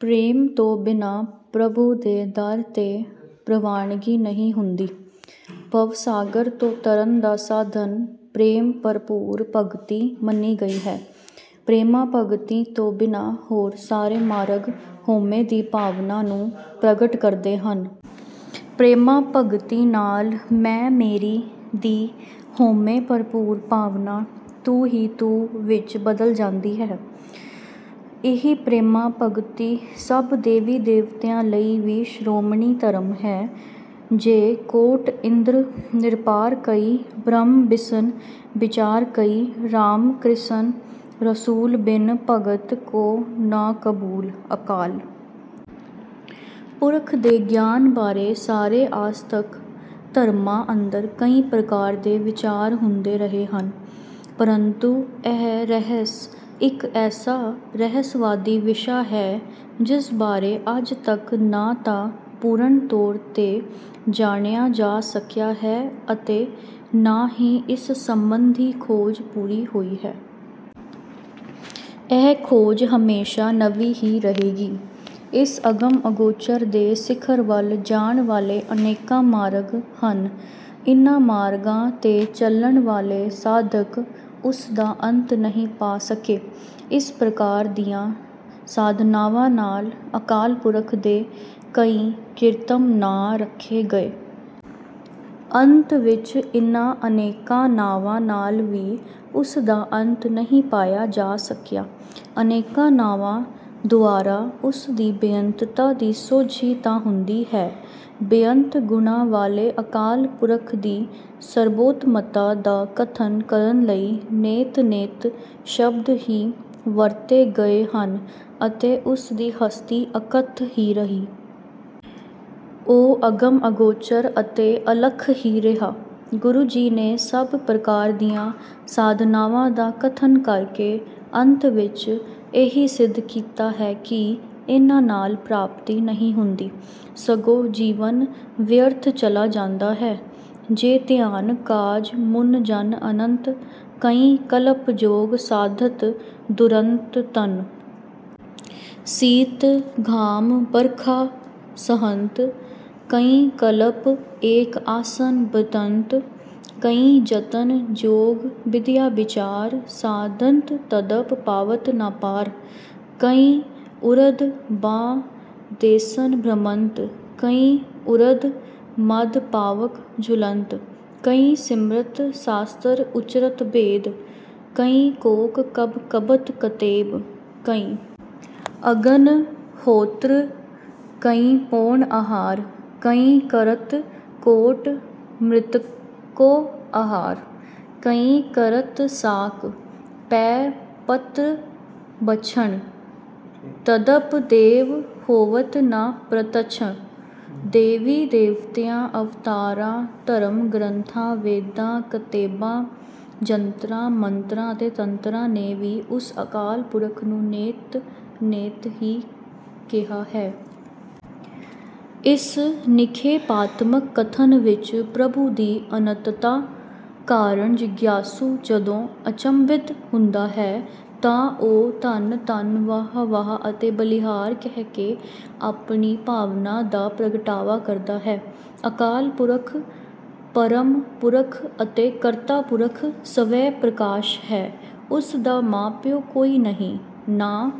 ਪ੍ਰੇਮ ਤੋਂ ਬਿਨਾਂ ਪ੍ਰਭੂ ਦੇ ਦਰ ’ਤੇ ਪ੍ਰਵਾਨਗੀ ਨਹੀਂ ਹੁੰਦੀ। ਭਵਸਾਗਰ ਤੋਂ ਤਰਨ ਦਾ ਸਾਧਨ ਪ੍ਰੇਮ-ਭਰਪੂਰ ਭਗਤੀ ਮੰਨੀ ਗਈ ਹੈ। ਪ੍ਰੇਮਾ-ਭਗਤੀ ਤੋਂ ਬਿਨਾਂ ਹੋਰ ਸਾਰੇ ਮਾਰਗ ਹਉਮੈ ਦੀ ਭਾਵਨਾ ਨੂੰ ਪ੍ਰਗਟ ਕਰਦੇ ਹਨ। ਪ੍ਰੇਮਾ-ਭਗਤੀ ਨਾਲ “ਮੈਂ-ਮੇਰੀ” ਦੀ ਹਉਮੈ-ਭਰਪੂਰ ਭਾਵਨਾ “ਤੂੰ ਹੀ ਤੂੰ” ਵਿੱਚ ਬਦਲ ਜਾਂਦੀ ਹੈ। ਇਹੀ ਪ੍ਰੇਮਾ-ਭਗਤੀ ਸਭ ਦੇਵੀ-ਦੇਵਤਿਆਂ ਲਈ ਵੀ ਸ਼੍ਰੋਮਣੀ ਧਰਮ ਹੈ ਜਿਹ ਕੋਟਿ ਇੰਦ੍ਰ ਨ੍ਰਿਪਾਰਕਈ ਬ੍ਰਹਮ ਬਿਸਨ ਬਿਚਾਰਕਈ। ਰਾਮ ਕ੍ਰਿਸਨ ਰਸੂਲ ਬਿਨੁ ਭਗਤ ਕੋ ਨ ਕਬੂਲ॥ ਅਕਾਲ ਪੁਰਖ ਦੇ ਗਿਆਨ ਬਾਰੇ ਸਾਰੇ ਆਸਤਿਕ ਧਰਮਾਂ ਅੰਦਰ ਕਈ ਪ੍ਰਕਾਰ ਦੇ ਵਿਚਾਰ ਹੁੰਦੇ ਰਹੇ ਹਨ। ਪਰੰਤੂ ਇਹ ਰਹੱਸ ਇੱਕ ਐਸਾ ਰਹੱਸਵਾਦੀ ਵਿਸ਼ਾ ਹੈ, ਜਿਸ ਬਾਰੇ ਅੱਜ ਤੱਕ ਨਾ ਤਾਂ ਪੂਰਨ ਤੌਰ ’ਤੇ ਜਾਣਿਆ ਜਾ ਸਕਿਆ ਹੈ ਅਤੇ ਨਾ ਹੀ ਇਸ ਸੰਬੰਧੀ ਖੋਜ ਪੂਰੀ ਹੋਈ ਹੈ। ਇਹ ਖੋਜ ਹਮੇਸ਼ਾ ਨਵੀਂ ਹੀ ਰਹੇਗੀ। ਇਸ ਅਗਮ-ਅਗੋਚਰ ਦੇ ਸਿਖਰ ਵੱਲ ਜਾਣ ਵਾਲੇ ਅਨੇਕਾਂ ਮਾਰਗ ਹਨ। ਇਨ੍ਹਾਂ ਮਾਰਗਾਂ ’ਤੇ ਚੱਲਣ ਵਾਲੇ ਸਾਧਕ ਉਸ ਦਾ ਅੰਤ ਨਹੀਂ ਪਾ ਸਕੇ। ਇਸ ਪ੍ਰਕਾਰ ਦੀਆਂ ਸਾਧਨਾਵਾਂ ਨਾਲ ਅਕਾਲ ਪੁਰਖ ਦੇ ਕਈ ਕਿਰਤਮ ਨਾਂ ਰੱਖੇ ਗਏ। ਅੰਤ ਵਿੱਚ ਇਨ੍ਹਾਂ ਅਨੇਕਾਂ ਨਾਵਾਂ ਨਾਲ ਵੀ ਉਸ ਦਾ ਅੰਤ ਨਹੀਂ ਪਾਇਆ ਜਾ ਸਕਿਆ। ਅਨੇਕਾਂ ਨਾਵਾਂ ਦੁਆਰਾ ਉਸ ਦੀ ਬੇਅੰਤਤਾ ਦੀ ਸੋਝੀ ਤਾਂ ਹੁੰਦੀ ਹੈ। ਬੇਅੰਤ ਗੁਣਾਂ ਵਾਲੇ ਅਕਾਲ ਪੁਰਖ ਦੀ ਸਰਬੋਤਮਤਾ ਦਾ ਕਥਨ ਕਰਨ ਲਈ “ਨੇਤਿ-ਨੇਤਿ” ਸ਼ਬਦ ਹੀ ਵਰਤੇ ਗਏ ਹਨ ਅਤੇ ਉਸ ਦੀ ਹਸਤੀ ਅਕੱਥ ਹੀ ਰਹੀ। ਉਹ ਅਗਮ, ਅਗੋਚਰ ਅਤੇ ਅਲੱਖ ਹੀ ਰਿਹਾ। ਗੁਰੂ ਜੀ ਨੇ ਸਭ ਪ੍ਰਕਾਰ ਦੀਆਂ ਸਾਧਨਾਵਾਂ ਦਾ ਕਥਨ ਕਰਕੇ ਅੰਤ ਵਿੱਚ ਇਹੀ ਸਿੱਧ ਕੀਤਾ ਹੈ ਕਿ ਇਨ੍ਹਾਂ ਨਾਲ ਪ੍ਰਾਪਤੀ ਨਹੀਂ ਹੁੰਦੀ, ਸਗੋਂ ਜੀਵਨ ਵਿਅਰਥ ਚਲਾ ਜਾਂਦਾ ਹੈ ਜਿਹ ਧਿਆਨ ਕਾਜ ਮੁਨਿ ਜਨ ਅਨੰਤ, ਕਈ ਕਲਪ ਜੋਗ ਸਾਧਤ ਦੁਰੰਤ। ਤਨ ਸੀਤ ਘਾਮ ਬਰਖਾ ਸਹੰਤ। ਕਈ ਕਲਪ ਏਕ ਆਸਨ ਬਿਤੰਤ। ਕਈ ਜਤਨ ਜੋਗ ਬਿਦਿਆ ਬਿਚਾਰ। ਸਾਧੰਤ ਤਦਪਿ ਪਾਵਤ ਨ ਪਾਰ। ਕਈ ਊਰਧ ਬਾਹੁ, ਦੇਸਨ ਭ੍ਰਮੰਤ। ਕਈ ਊਰਧ ਮਧ ਪਾਵਕ ਝੁਲੰਤ। ਕਈ ਸਿਮ੍ਰਿਤਿ ਸਾਸਤ੍ਰ ਉਚਰਤ ਬੇਦ। ਕਈ ਕੋਕ ਕਬਿ ਕੱਬਤ ਕਤੇਬ। ਕਈ ਅਗਨਿ ਹੋਤ੍ਰ, ਕਈ ਪਉਣ-ਅਹਾਰ। ਕਈ ਕਰਤ ਕੋਟਿ ਮ੍ਰਿਤਕੋ ਅਹਾਰ। ਕਈ ਕਰਤ ਸਾਕ, ਪੈ ਪੱਤ੍ਰ ਭੱਛਨ। ਤਦਪਿ ਦੇਵ ਹੋਵਤ ਨ ਪ੍ਰਤੱਛ ਦੇਵੀ-ਦੇਵਤਿਆਂ, ਅਵਤਾਰਾਂ, ਧਰਮ-ਗ੍ਰੰਥਾਂ, ਵੇਦਾਂ, ਕਤੇਬਾਂ, ਜੰਤਰਾਂ, ਮੰਤਰਾਂ ਅਤੇ ਤੰਤਰਾਂ ਨੇ ਵੀ ਉਸ ਅਕਾਲ ਪੁਰਖ ਨੂੰ “ਨੇਤਿ-ਨੇਤਿ” ਹੀ ਕਿਹਾ ਹੈ। ਇਸ ਨਿਖੇਧਾਤਮਕ ਕਥਨ ਵਿੱਚ ਪ੍ਰਭੂ ਦੀ ਅਨੰਤਤਾ ਕਾਰਨ ਜਿਗਿਆਸੂ ਜਦੋਂ ਅਚੰਭਿਤ ਹੁੰਦਾ ਹੈ, ਤਾਂ ਉਹ “ਧੰਨ-ਧੰਨ”, “ਵਾਹ-ਵਾਹ” ਅਤੇ “ਬਲਿਹਾਰ” ਕਹਿ ਕੇ ਆਪਣੀ ਭਾਵਨਾ ਦਾ ਪ੍ਰਗਟਾਵਾ ਕਰਦਾ ਹੈ। ਅਕਾਲ ਪੁਰਖ, ਪਰਮ ਪੁਰਖ ਅਤੇ ਕਰਤਾ ਪੁਰਖ ਸਵੈ-ਪ੍ਰਕਾਸ਼ ਹੈ। ਉਸ ਦਾ ਮਾਂ-ਪਿਉ ਕੋਈ ਨਹੀਂ, ਨਾ…